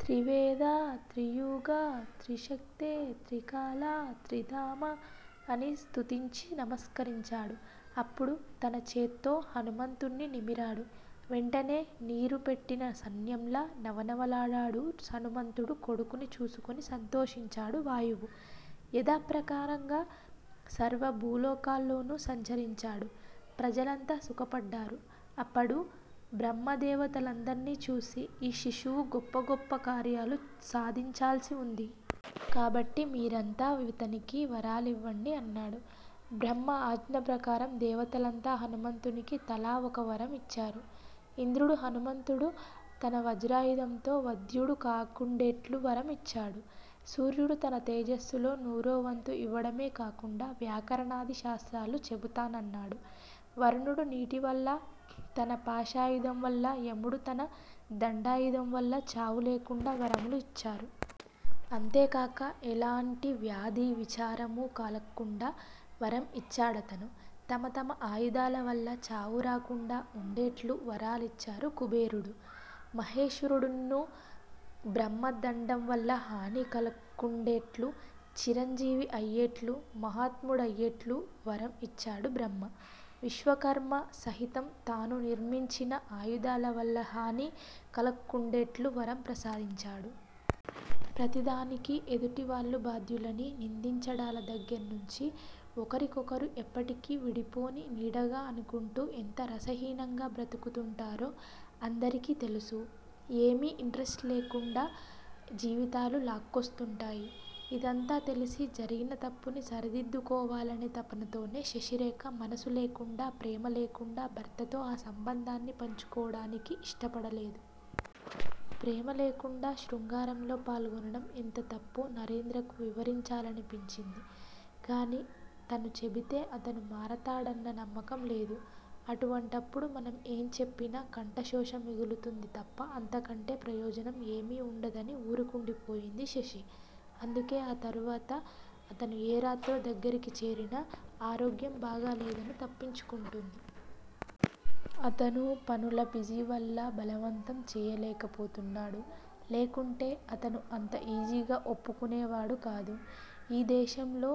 త్రివేదా? త్రియుగా? త్రిశక్తే! త్రికాలా! త్రిధామా! అని స్తుతించి నమస్కరించాడు. అప్పుడు తన చేత్తో హనుమంతుణ్ని నిమిరాడు. వెంటనే నీరు పెట్టిన సన్యంలా నవనవలాడాడు హనుమంతుడు కొడుకుని చూసుకొని సంతోషించాడు వాయువు. యథాప్రకారంగా సర్వభూలోకాల్లోనూ సంచరించాడు. ప్రజలంతా సుఖపడ్డారు. అప్పడు బ్రహ్మదేవతలందర్ని చూసి ఈ శిశువు గొప్ప గొప్ప కార్యాలు సాధించాల్సి వుంది. కాబట్టి మీరంతా ఇతనికి వరాలివ్వండి అన్నాడు. బ్రహ్మ ఆజ్ఞప్రకారం దేవతలంతా హనుమంతునికి తలా ఒకవరం ఇచ్చారు. ఇంద్రుడు హనుమంతుడు తన వజ్రాయుధంతో వధ్యుడు కాకుండేట్లు వరం ఇచ్చాడు సూర్యుడు తన తేజస్సులో నూరోవంతు ఇవ్వడమే కాకుండా వ్యాకరణాది శాస్త్రాలు చెపుతానన్నాడు. వరుణుడు నీటివల్లా, తన పాశాయుధంవల్లా యముడు తన దండాయుధంవల్ల చావులేకుండా వరములు ఇచ్చారు. అంతేకాక ఏలాంటి వ్యాధీ, విచారమూ కాలక్కుండా వరం ఇచ్చాడతను. తమ తమ ఆయుధాలవల్ల చావు రాకుండా వుండేట్లు వరాలిచ్చారు కుబేరుడూ, మహేశ్వరుడున్నూ, బ్రహ్మదండంవల్ల హాని కలక్కుండేట్లూ, చిరంజీవి అయ్యేట్లూ, మహాత్ముడయ్యేట్లూ వరం ఇచ్చాడు బ్రహ్మ. విశ్వకర్మ సహితం తాను నిర్మించిన ఆయుధాలవల్ల హాని కలక్కుండేట్లూ వరం ప్రసాదించాడు. ప్రతిదానికి ఎదుటివాళ్ళు బాధ్యులని నిందించడాల దగ్గర్నుంచి ఒకరి కొకరు ఎప్పటికి విడిపోని నీడగా అనుకుంటూ ఎంత రసహీనంగా బతుకుతుంటారో అందరికి తెలుసు. ఏమీ ఇంట్రెస్టు లేకుండా జీవితాలు లాక్కొస్తుంటాయి. ఇదంతా తెలిసి, జరిగిన తప్పుని సరిదిద్దుకోవాలనే తపనతోనే శశిరేఖ మనసు లేకుండా, ప్రేమ లేకుండా భర్తతో ఆ సంబంధాన్ని పంచుకోవడానికి ఇష్టపడలేదు. ప్రేమ లేకుండా శృంగారంలో పాల్గొనడం ఎంత తప్పో నరేంద్రకు వివరించాలనిపించింది గాని తను చెబితే అతను మారతాడన్న నమ్మకం లేదు. అటువంటప్పుడు మనం ఏం చెప్పినా కంఠశోష మిగులుతుంది తప్ప అంతకంటే ప్రయోజనం ఏమీ వుండదని ఊరుకుండిపోయింది శశి. అందుకే ఆ తర్వాత అతను ఏ రాత్రో దగ్గిరికి చేరినా ఆరోగ్యం బాగాలేదని తప్పించుకుంటోంది. అతనూ పనుల బిజివల్ల బలవంతం చేయలేకపోతున్నాడు. లేకుంటే అతను అంత ఈజీగా ఒప్పుకునేవాడుకాదు. ఈదేశంలో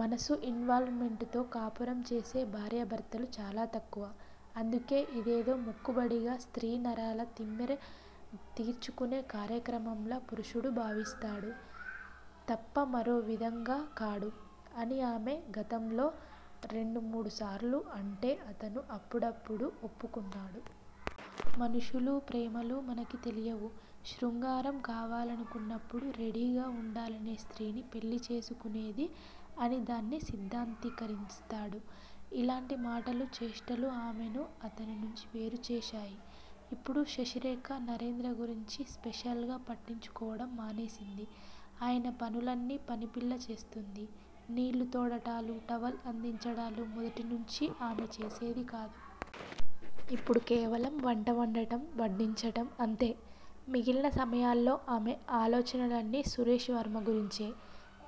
మనసు ఇన్వాల్ మెంట్ తో కాపురం చేసే భార్యభర్తలు చాలా తక్కువ. అందుకే ఇదేదో మొక్కుబడిగా స్త్రీనరాల తిమ్మెర తీర్చుకునే కార్యక్రమంలా పురుషుడూ భావిస్తాడు. తప్ప మరో విదంగా కాడు అని అమె గతంలో రెండు మూడు సార్లు అంటే అతనూ అప్పుడప్పుడూ ఒప్పుకున్నాడు. మనుషులూ, ప్రేమలూ, మనకి తెలియవు. శృంగారం కావాలనుకున్నప్పుడు రెడీగా వుండాలనే స్త్రీని పెళ్ళిచేసుకునేది అని దాన్ని సిద్దాంతికరిస్తాడు. ఇలాంటి మాటలు, చేష్టలు అమెను అతని నుంచి వేరుచేశాయి. ఇప్పుడు శశిరేఖ నరేంద్ర గురించి స్పెషల్ గా పట్టించుకోవడం మానేసింది. ఆయన పనులన్నీ పనిపిల్ల చేస్తుంది. నీళ్ళు తోడటాలు, టవల్ అందించడాలూ, మొదటినుంచీ అమె చేసేదికాదు. ఇప్పుడు కేవలం వంట వండటం, వడ్డించటం- అంతే. మిగిలిన సమయాల్లో అమె అలోచనలన్నీ సురేష్ వర్మ గురించే.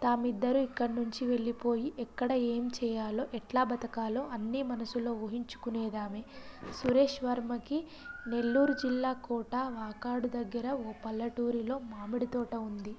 తామిద్దరూ ఇక్కడ్నుంచి వెళ్ళిపోయి ఎక్కడ ఏం చేయాలో ఎట్లా బతకాలో అన్నీ మనసులో ఊహించుకునేదామె. సురేష్ వర్మకి నెల్లూరుజిల్లా కోటా వాకాడు దగ్గర ఓ పల్లెటూరిలో మామిడితోట వుంది.